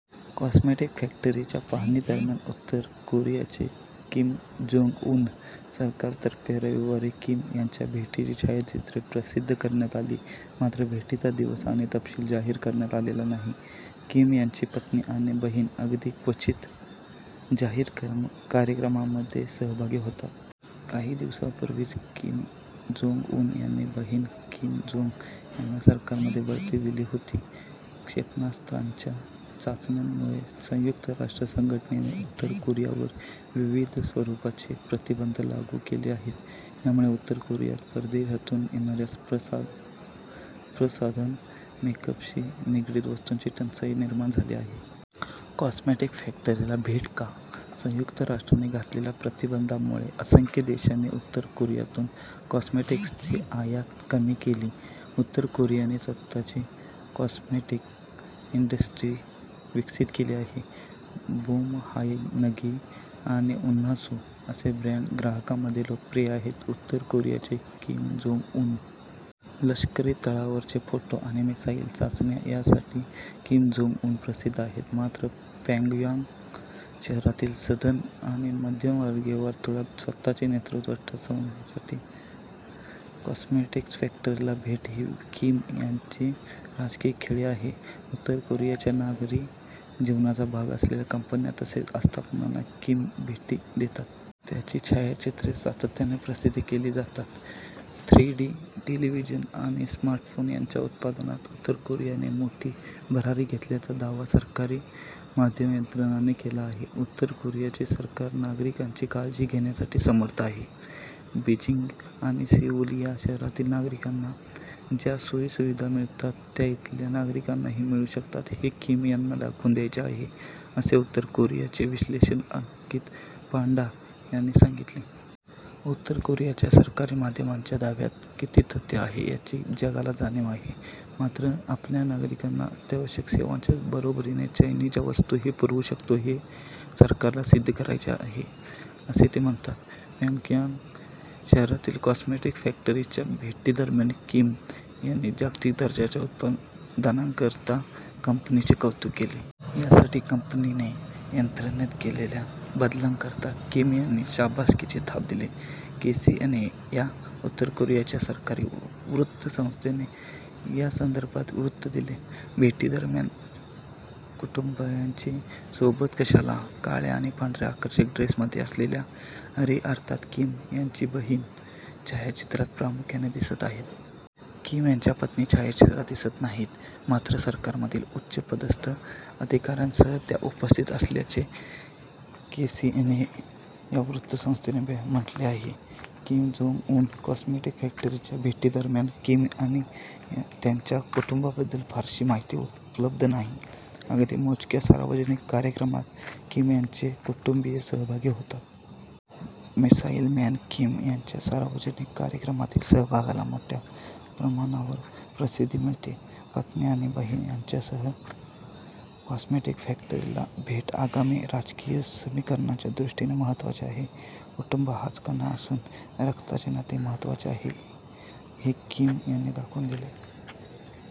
Cosmetic फॅक्टरीच्या पाहणीदरम्यान उत्तर कोरियाचे किम जोंग उन. सरकारतर्फे रविवारी किम यांच्या भेटीची छायाचित्रे प्रसिद्ध करण्यात आली, मात्र भेटीचा दिवस आणि तपशील जाहीर करण्यात आलेला नाही. किम यांची पत्नी आणि बहीण अगदी क्वचित जाहीर कार्यक्रमांमध्ये सहभागी होतात. काही दिवसांपूर्वीच किम जोंग उन यांनी बहीण किम जोंग यांना सरकारमध्ये बढती दिली होती. क्षेपणास्त्रांच्या चाचण्यांमुळे संयुक्त राष्ट्र संघटनेने उत्तर कोरियावर विविध स्वरूपाचे प्रतिबंध लागू केले आहेत. यामुळे उत्तर कोरियात परदेशातून येणाऱ्या प्रसाधन, मेकअपशी निगडित वस्तूंची टंचाई निर्माण झाली आहे. कॉस्मेटिक्स फॅक्टरीला भेट का? संयुक्त राष्ट्रांनी घातलेल्या प्रतिबंधामुळे असंख्य देशांनी उत्तर कोरियातून कॉस्मेटिक्सची आयात कमी केली. उत्तर कोरियाने स्वतःची कॉस्मेटिक्स इंडस्ट्री विकसित केली आहे. बोमहायनगी आणि उन्हासू असे ब्रँड ग्राहकांमध्ये लोकप्रिय आहेत. उत्तर कोरियाचे किम जोंग उन. लष्करी तळांवरचे फोटो आणि मिसाइल चाचण्या यासाठी किम जोंग उन प्रसिद्ध आहेत. मात्र प्यॉंगयांग शहरातील सधन आणि मध्यमवर्गीय वर्तुळात स्वतःचे नेतृत्व ठसवण्यासाठी कॉस्मेटिक्स फॅक्टरीला भेट ही किम यांची राजकीय खेळी आहे. उत्तर कोरियाच्या नागरी जीवनाचा भाग असलेल्या कंपन्या तसेच आस्थापनांना किम भेटी देतात. त्याची छायाचित्रे सातत्याने प्रसिद्ध केली जातात. थ्री डी टेलिव्हिजन आणि स्मार्टफोन यांच्या उत्पादनात उत्तर कोरियाने मोठी भरारी घेतल्याचा दावा सरकारी माध्यम यंत्रणांनी केला आहे. उत्तर कोरियाचे सरकार नागरिकांची काळजी घेण्यासाठी समर्थ आहे. बीजिंग आणि सेऊल या शहरातील नागरिकांना ज्या सोयीसुविधा मिळतात त्या इथल्या नागरिकांनाही मिळू शकतात हे किम यांना दाखवून द्यायचे आहे, असे उत्तर कोरियाचे विश्लेषक अंकित पांडा यांनी सांगितले. उत्तर कोरियाच्या सरकारी माध्यमांच्या दाव्यात किती तथ्य आहे याची जगाला जाणीव आहे. मात्र आपल्या नागरिकांना अत्यावश्यक सेवांच्या बरोबरीने चैनीच्या वस्तूही पुरवू शकतो हे सरकारला सिद्ध करायचे आहे, असे ते म्हणतात. प्यॉंगयांग शहरातील कॉस्मेटिक्स फॅक्टरीच्या भेटीदरम्यान किम यांनी जागतिक दर्जाच्या उत्पादनांकरता कंपनीचे कौतुक केले. यासाठी कंपनीने यंत्रणेत केलेल्या बदलांकरता किम यांनी शाबासकीची थाप दिली. केसीएनए या उत्तर कोरियाच्या सरकारी वृत्तसंस्थेने यासंदर्भात वृत्त दिले. भेटीदरम्यान कुटुंबीयांची सोबत कशाला? काळ्या आणि पांढऱ्या आकर्षक ड्रेसमध्ये असलेल्या री अर्थात किम यांची बहीण छायाचित्रात प्रामुख्याने दिसत आहेत. किम यांच्या पत्नी छायाचित्रात दिसत नाहीत. मात्र सरकारमधील उच्चपदस्थ अधिकाऱ्यांसह त्या उपस्थित असल्याचे केसीएनए या वृत्तसंस्थेने म्हटले आहे. किम जोंग उन कॉस्मेटिक फॅक्टरीच्या भेटीदरम्यान किम आणि त्यांच्या कुटुंबाबद्दल फारशी माहिती उपलब्ध नाही. अगदी मोजक्या सार्वजनिक कार्यक्रमांत किम यांचे कुटुंबीय सहभागी होतात. मिसाइल मॅन किम यांच्या सार्वजनिक कार्यक्रमातील सहभागाला मोठ्या प्रमाणावर प्रसिद्धी मिळते. 'पत्नी आणि बहीण यांच्यासह कॉस्मेटिक्स फॅक्टरीला भेट आगामी राजकीय समीकरणांच्या दृष्टीने महत्त्वाचे आहे. कुटुंब हाच कणा असून, रक्ताचे नाते महत्त्वाचे आहे हे किम यांना दाखवून